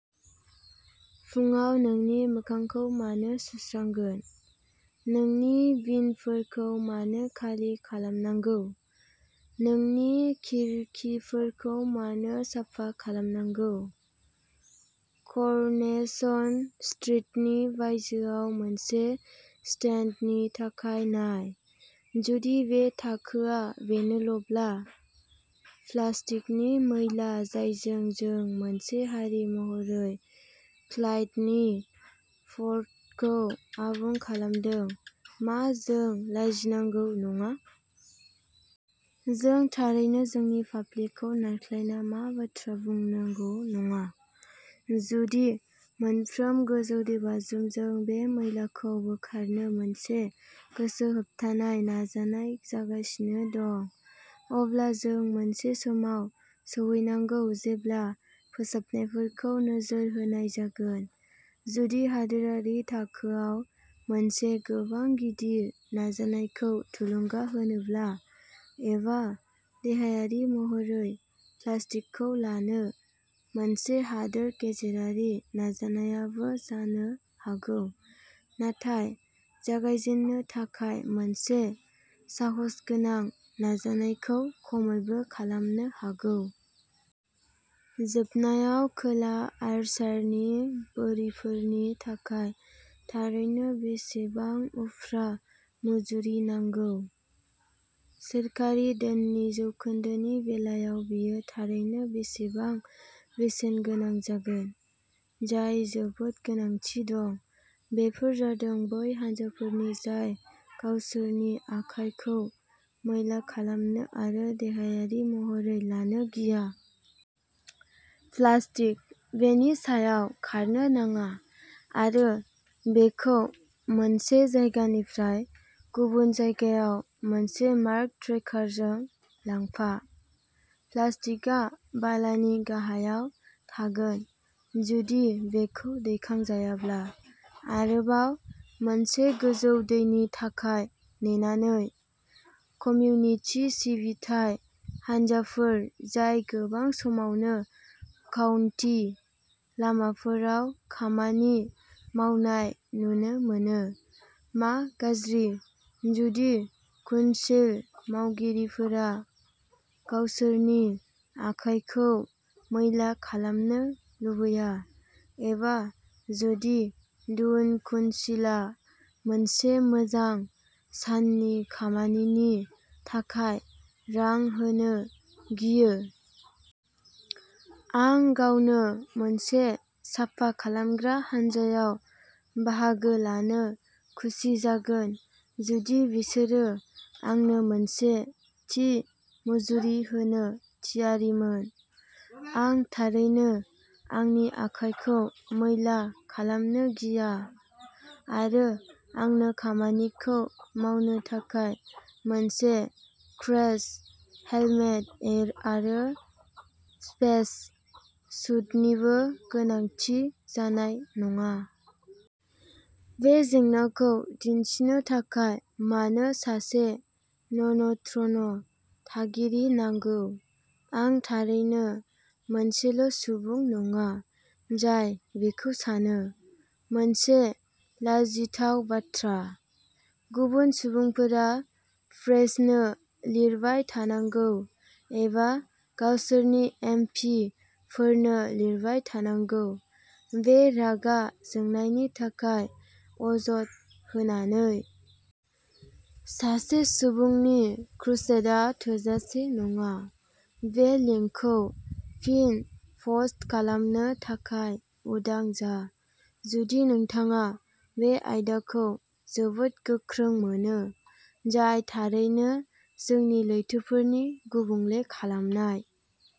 " फुंआव नोंनि मोखांखौ मानो सुस्रांगोन? नोंनि बिनफोरखौ मानो खालि खालामनांगौ? नोंनि खिरखिफोरखौ मानो साफा खालामनांगौ? कर'नेसन स्ट्रिटनि बायजोआव मोनसे सेकेन्डनि थाखाय नाय। जुदि बे थाखोआ बेनोब्ला। प्लास्टिकनि मैला जायजों जों मोनसे हारि महरै क्लाइडनि फर्थखौ आबुं खालामदों, मा जों लाजिनांगौ नङा? जों थारैनो जोंनि फाफ्लिखौ नारख्लायना "मा बाथ्रा" बुंनांगौ नङा। जुदि मोनफ्रोम गोजौ दैबाज्रुमजों बे मैलाखौ बोखारनो मोनसे गोसो होथाबनाय नाजानाय जागासिनो दंमोन, अब्ला जों मोनसे समाव सौहैनांगोन जेब्ला फोसाबनायफोरखौ नोजोर होनाय जागोन! जुदि हादोरारि थाखोआव मोनसे गोबां गिदिर नाजानायखौ थुलुंगा होनोब्ला, एबा देहायारि महरै "प्लास्टिकखौ लानो" मोनसे हादोर गेजेरारि नाजानायाबो जानो हागौ, नाथाय जागायजेननो थाखाय मोनसे साहसगोनां नाजानायखौ खमैबो खालामनो हागौ। जोबनायाव, खोला आयरशायरनि बोरिफोरनि थाखाय थारैनो बेसेबां उफ्रा मुजुरि नांगौ?? सोरखारि धोननि जौखोन्दोनि बेलायाव बेयो थारैनो बेसेबां बेसेन गोनां जागोन? जाय जोबोद गोनांथि दं बेफोर जादों बै हानजाफोर जाय गावसोरनि आखाइखौ मैला खालामनो आरो देहायारि महरै लानो गिया। प्लास्टिक। बेनि सायाव खारनो नाङा आरो बेखौ मोनसे जायगानिफ्राय गुबुन जायगायाव मोनसे मूर्ख ट्रेक्टरजों लांफा!! प्लास्टिकआ बालानि गाहायाव थागोन जुदि बेखौ दैखांजायाब्ला, आरोबाव मोनसे गोजौ दैनि थाखाय नेनानै। कमिउनिटि सिबिथाइ हानजाफोर जाय गोबां समावनो काउन्टी लामाफोराव खामानि मावनाय नुनो मोनो, मा गाज्रि, जुदि कुनसिल मावगिरिफोरा गावसोरनि आखाइखौ मैला खालामनो लुबैया, एबा जुदि टुन कुनसिलआ मोनसे मोजां साननि खामानिनि थाखाय रां होनो गियो? आं गावनो मोनसे साफा खालामग्रा हानजायाव बाहागो लानो खुसि जागोन जुदि बिसोरो आंनो मोनसे थि मुजुरि होनो थियारिमोन। आं थारैनो आंनि आखाइखौ मैला खालामनो गिया, आरो आंनो खामानिखौ मावनो थाखाय मोनसे क्रेश हेलमेट आरो स्पेस सुटनिबो गोनांथि जानाय नङा। बे जेंनाखौ दिन्थिनो थाखाय मानो सासे नन ट्र'न थागिरि नांगौ? आं थारैनो मोनसेल'सुबुं नङा जाय बेखौ सानो। मोनसे लाजिथाव बाथ्रा?? गुबुन सुबुंफोरा प्रेसनो लिरबाय थानांगौ एबा गावसोरनि एम. पि. फोरनो लिरबाय थानांगौ, बे रागा जोंनायनि थाखाय अजद होनानै। सासे सुबुंनि क्रुसेडआ थोजासे नङा। बे लिंकखौ फिन पस्ट खालामनो थाखाय उदां जा, जुदि नोंथाङा बे आयदाखौ जोबोद गोख्रों मोनो, जाय थारैनो जोंनि लैथोफोरनि गुबुंले खालामनाय।